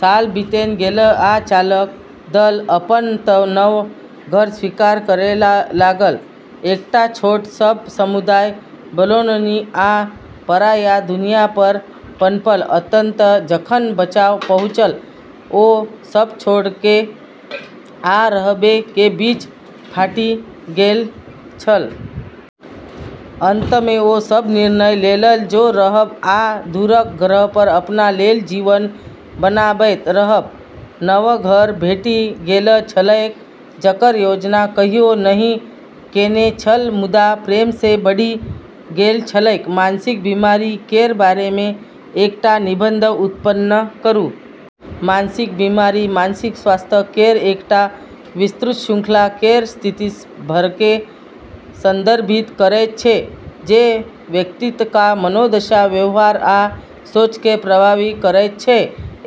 साल बीतैत गेल आ चालक दल अपन नव घर स्वीकार करै लगल। एकटा छोट सन समुदाय बनौलनि आ पराया दुनियापर पनपल। अंततः जखन बचाव पहुँचल तऽ ओ सब छोड़बै आ रहबै के बीच फाटि गेल छल। अंतमे ओ सब निर्णय लेलक जे रहब आ दूरक ग्रहपर अपना लेल जीवन बनाबैत रहब। नव घर भेटि गेल छलैक, जकर योजना कहियो नहि केने छल मुदा प्रेममे बढ़ि गेल छलैक। मानसिक बीमारी केर बारेमे एकटा निबंध उत्पन्न करू। मानसिक बीमारी मानसिक स्वास्थ्य केर एकटा विस्तृत श्रृंखला केर स्थितिसभकेँ संदर्भित करैत छै जे व्यक्तिक मनोदशा, व्यवहार आ सोचकेँ प्रभावित करैत छै।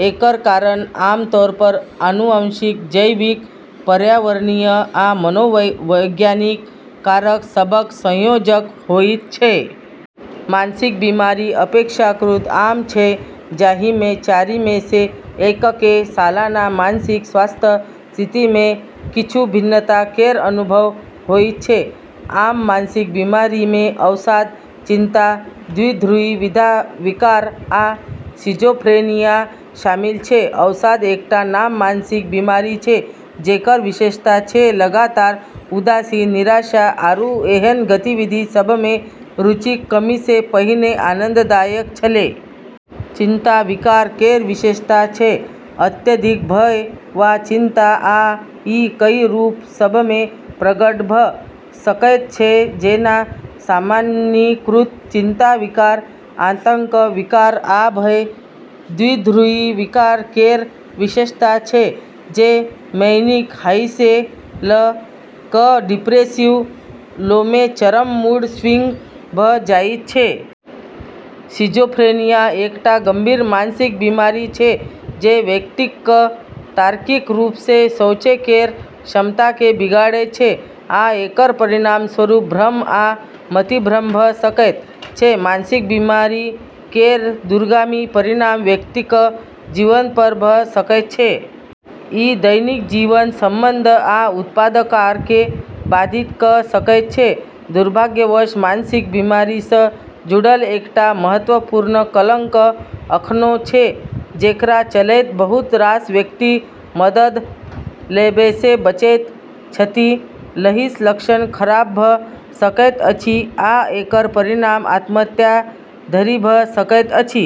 एकर कारण आमतौरपर आनुवंशिक, जैविक, पर्यावरणीय आ मनोवैज्ञानिक कारक सभक संयोजन होइत छै। मानसिक बीमारी अपेक्षाकृत आम छै, जाहिमे चारिमेसँ एककेँ सालाना मानसिक स्वास्थ्य स्थितिमे किछु भिन्नता केर अनुभव होइत छै। आम मानसिक बीमारीमे अवसाद, चिंता, द्विध्रुवी विकार, आ सिजोफ्रेनिया शामिल छै। अवसाद एकटा आम मानसिक बीमारी छै जेकर विशेषता छै लगातार उदासी, निराशा, आरू एहन गतिविधि सभमे रुचिक कमी जे पहिने आनंददायक छलै। चिंता विकार केर विशेषता छै अत्यधिक भय वा चिंता आ ई कई रूप सभमे प्रकट भऽ सकैत छै जेना सामान्यीकृत चिंता विकार, आतंक विकार, आ भय। द्विध्रुवी विकार केर विशेषता छै जे मैनिक हाईसँ लऽ कऽ डिप्रेसिव लोमे चरम मूड स्विंग भऽ जाइत छै। सिजोफ्रेनिया एकटा गंभीर मानसिक बीमारी छै जे व्यक्तिक तार्किक रूपसँ सोचै केर क्षमताकेँ बिगाड़ैत छै आ एकर परिणामस्वरूप भ्रम आ मतिभ्रम भऽ सकैत छै। मानसिक बीमारी केर दूरगामी परिणाम व्यक्तिक जीवनपर भऽ सकैत छै। ई दैनिक जीवन, संबंध, आ उत्पादकताकेँ बाधित कऽ सकैत छै। दुर्भाग्यवश, मानसिक बीमारीसँ जुड़ल एकटा महत्वपूर्ण कलंक अखनो छै, जेकरा चलैत बहुत रास व्यक्ति मदद लेबैसँ बचैत छथि। एहिसँ लक्षण खराब भऽ सकैत अछि आ एकर परिणाम आत्महत्या धरि भऽ सकैत अछि।